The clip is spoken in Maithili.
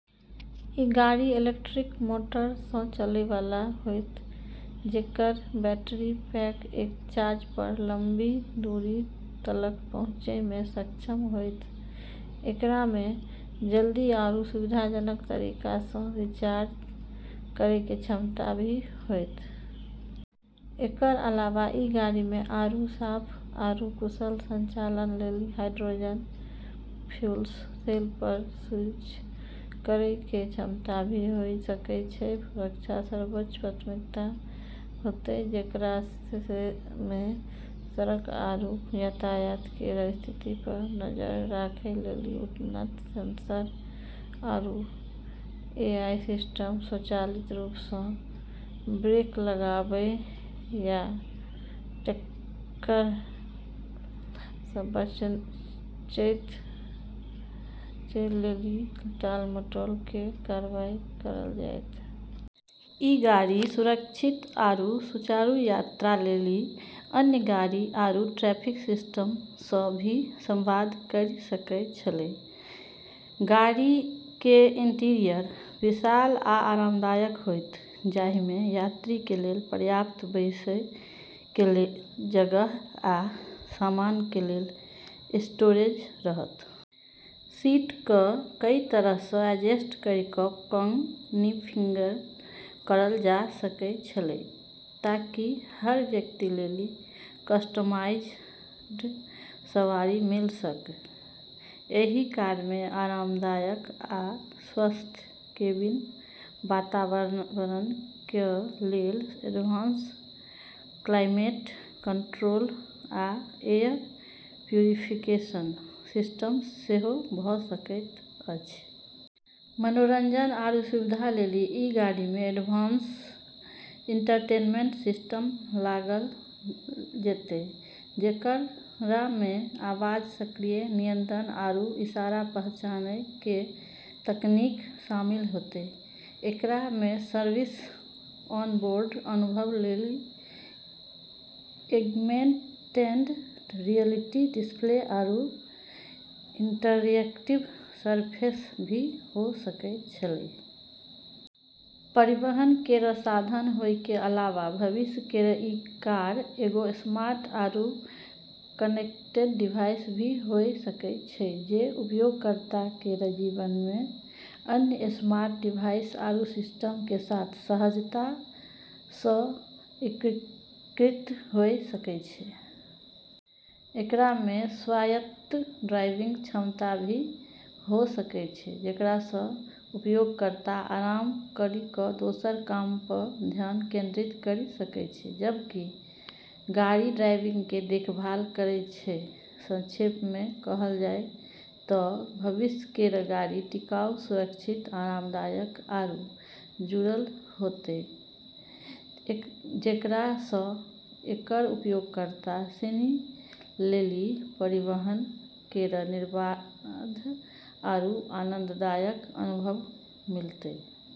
ई गाड़ी इलेक्ट्रिक मोटर स चलै वाला होतै, जेकर बैटरी पैक एक चार्ज प लंबी दूरी तलक पहुँचै मे सक्षम होतै। एकरा मे जल्दी आरू सुविधाजनक तरीका स रिचार्ज करै के क्षमता भी होतै। एकर अलावा ई गाड़ी मे आरू साफ आरू कुशल संचालन लेली हाइड्रोजन फ्यूल सेल प स्विच करै के क्षमता भी होय सकै छै। सुरक्षा सर्वोच्च प्राथमिकता होतै, जेकरा मे सड़क आरू यातायात केर स्थिति प नजर रखै लेली उन्नत सेंसर आरू एआई सिस्टम, स्वचालित रूप स ब्रेक लगाबै या टक्कर स बचै लेली टाल-मटोल के कार्रवाई करल जैतै। ई गाड़ी सुरक्षित आरू सुचारू यात्रा लेली अन्य गाड़ी आरू ट्रैफिक सिस्टम स भी संवाद करी सकै छेलै। गाड़ी के इंटीरियर विशाल आ आरामदायक होयत, जाहि में यात्री के लेल पर्याप्त बैसय के जगह आ सामान के लेल स्टोरेज रहत। सीट क कई तरह स एडजस्ट करी क कॉन्फ़िगर करल जाब सकै छेलै ताकि हर व्यक्ति लेली कस्टमाइज्ड सवारी मिल सक। एहि कार मे आरामदायक आ स्वस्थ केबिन वातावरण क लेल एडवांस क्लाइमेट कंट्रोल आ एयर प्यूरिफिकेशन सिस्टम सेहो भ सकैत अछि। मनोरंजन आरू सुविधा लेली ई गाड़ी मे एडवांस इन्फोटेनमेंट सिस्टम लगाल जैतै, जेकरा मे आवाज सक्रिय नियंत्रण आरू इशारा पहचानै के तकनीक शामिल होतै। एकरा मे इमर्सिव ऑनबोर्ड अनुभव लेली एग्मेंटेड रियलिटी डिस्प्ले आरू इंटरएक्टिव सरफेस भी हो सकै छेलै। परिवहन केर साधन होय के अलावा भविष्य केर ई कार एगो स्मार्ट आरू कनेक्टेड डिवाइस भी होय सकै छै, जे उपयोगकर्ता केर जीवन मे अन्य स्मार्ट डिवाइस आरू सिस्टम के साथ सहजता स एकीकृत होय सकै छै। एकरा मे स्वायत्त ड्राइविंग क्षमता भी हो सकै छै, जेकरा स उपयोगकर्ता आराम करी क दोसर काम प ध्यान केंद्रित करी सकै छै जबकि गाड़ी ड्राइविंग के देखभाल करै छै। संक्षेप मे कहल जाय त भविष्य केर गाड़ी टिकाऊ, सुरक्षित, आरामदायक, आरू जुड़ल होतै, जेकरा स एकर उपयोगकर्ता सिनी लेली परिवहन केर निर्बाध आरू आनंददायक अनुभव मिलतै।